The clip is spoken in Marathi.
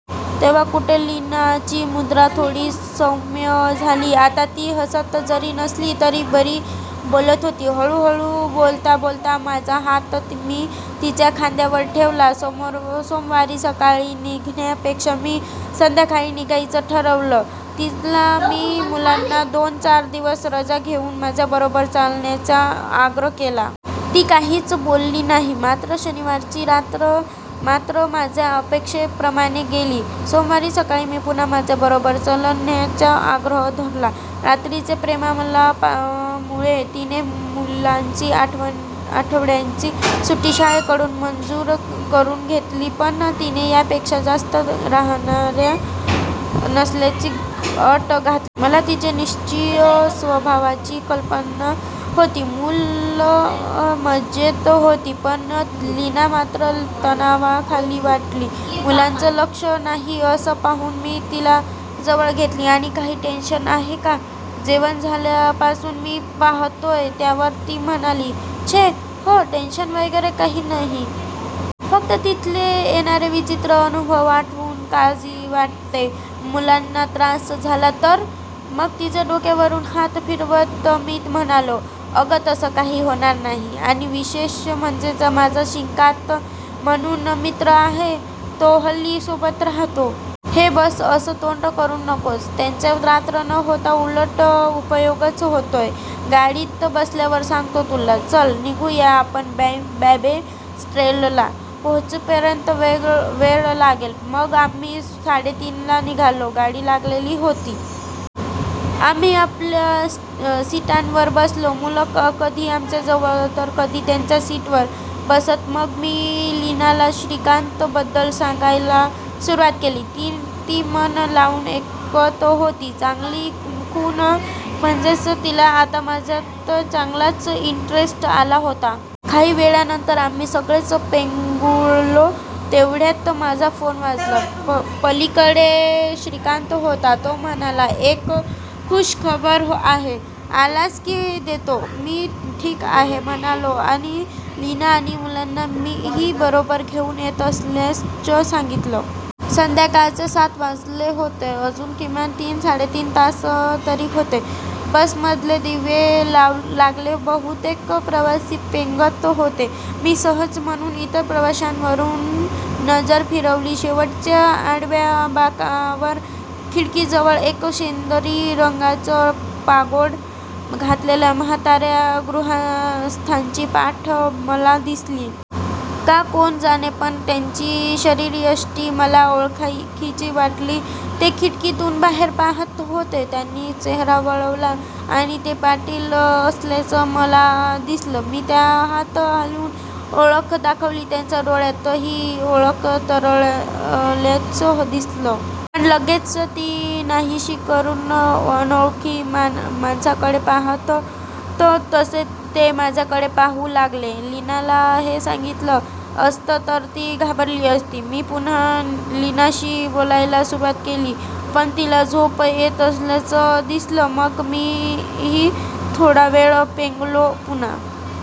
तेव्हा कुठे लीनाची मुद्रा थोडी सौम्य झाली.आता ती हसत जरी नसली तरी बरी बोलत होती. हळूहळू बोलता बोलता माझा हात मी तिच्या खांद्यावर ठेवला. सोमवारी सकाळी निघण्यापेक्षा मी संध्याकाळी निघण्याचं ठरवलं. तिला मी मुलांना दोन चार दिवस रजा घेऊन माझ्याबरोबर चालण्याचा आग्रह केला. ती काहीच बोलली नाही. मात्र शनिवारची रात्र मात्र माझ्या अपेक्षेप्रमाणे गेली. सोमवारी सकाळी मी पुन्हा माझ्याबरोबर चलण्याचा आग्रह धरला. रात्रीच्या प्रेमालापामुळे तिने मुलांची आठवड्यांची सुट्टी शाळेकडून मंजूर करुन घेतली. पण तिने यापेक्षा जास्त राहणार नसल्याची अट घातली. मला तिच्या निश्चयी स्वभावाची कल्पना होती. मुलं मजेत होती पण लीना मात्र तणावाखाली वाटली. मुलांचं लक्ष नाही असं पाहून मी तिला जवळ घेतली आणि," काही टेन्शन आहे का? जेवण झाल्यापासून मी पाहतोय. " त्यावर ती म्हणाली," छे हो टेन्शन वगैरे काही नाही. फक्त तिथले येणारे विचित्र अनुभव आठवून काळजी वाटते. मुलांना त्रास झाला तर? मग तिच्या डोक्यावरून हात फिरवत मी म्हणालो, "अगं तसं काही होणार नाही. आणि विशेष म्हणजे माझा श्रीकांत म्हणून मित्र आहे, तो हल्ली सोबत राहतो. हे बघं असं तोंड करुन नकोस. त्यांचा त्रास न होता उलट उपयोगच होतोय. गाडीत बसल्यावर सांगतो तुला. चल, निघू या आपण. बॉंबे सेंट्रलला पोहोचेपर्यंत वेळ लागेल. " मग आम्ही साडेतीनला निघालो. गाडी लागलेली होती. आम्ही आपल्या सिटांवर बसलो. मुलं कधी आमच्याजवळ तर कधी त्यांच्या सीटवर बसत. मग मी लीनाला श्रीकांत बद्दल सांगायला सुरुवात केली. ती मन लावून ऐकत होती. चांगली खूण म्हणजे तिला आता माझ्यात चांगलाच इंटरेस्ट आला होता. काही वेळानंतर आम्ही सगळेच पेंगुळलो. तेवढ्यात माझा फोन वाजला. पलीकडे श्रीकांत होता. तो म्हणाला," एक खुशखबर आहे. आलास की देतो. " मी ठीक आहे म्हणालो आणि लीना आणि मुलांना ही बरोबर घेऊन येत असल्याचं सांगितलं. संध्याकाळचे सात वाजले होते. अजून किमान तीन साडेतीन तास तरी होते. बसमधले दिवे लागले. बहुतेक प्रवासी पेंगत होते. मी सहज म्हणून इतर प्रवाशांवरुन नजर फिरवली. शेवटच्या आडव्या बाकावर खिडकीजवळ एक शेंदरी रंगाचं पागोटं घातलेल्या म्हाताऱ्या गृहस्थांची पाठ मला दिसली. का कोण जाणे पण त्यांची शरीरयष्टी मला ओळखीची वाटली. ते खिडकीतून बाहेर पाहात होते. त्यांनी चेहरा वळवला आणि ते पाटील असल्याचं मला दिसलं. मी त्या हात हालवून ओळख दाखवली. त्यांच्या डोळ्यातही ओळख तरळल्याचं दिसलं. पण लगेचच ती नाहीशी करून अनोळखी माणसाकडे पाहतात तसे ते माझ्याकडे पाहू लागले. लीनाला हे सांगितलं असतं तर ती घाबरली असती. मी पुन्हा लीनाशी बोलायला सुरुवात केली. पण तिला झोप येत असल्याचं दिसलं. मग मीही थोडावेळ पेंगलो. पुन्हा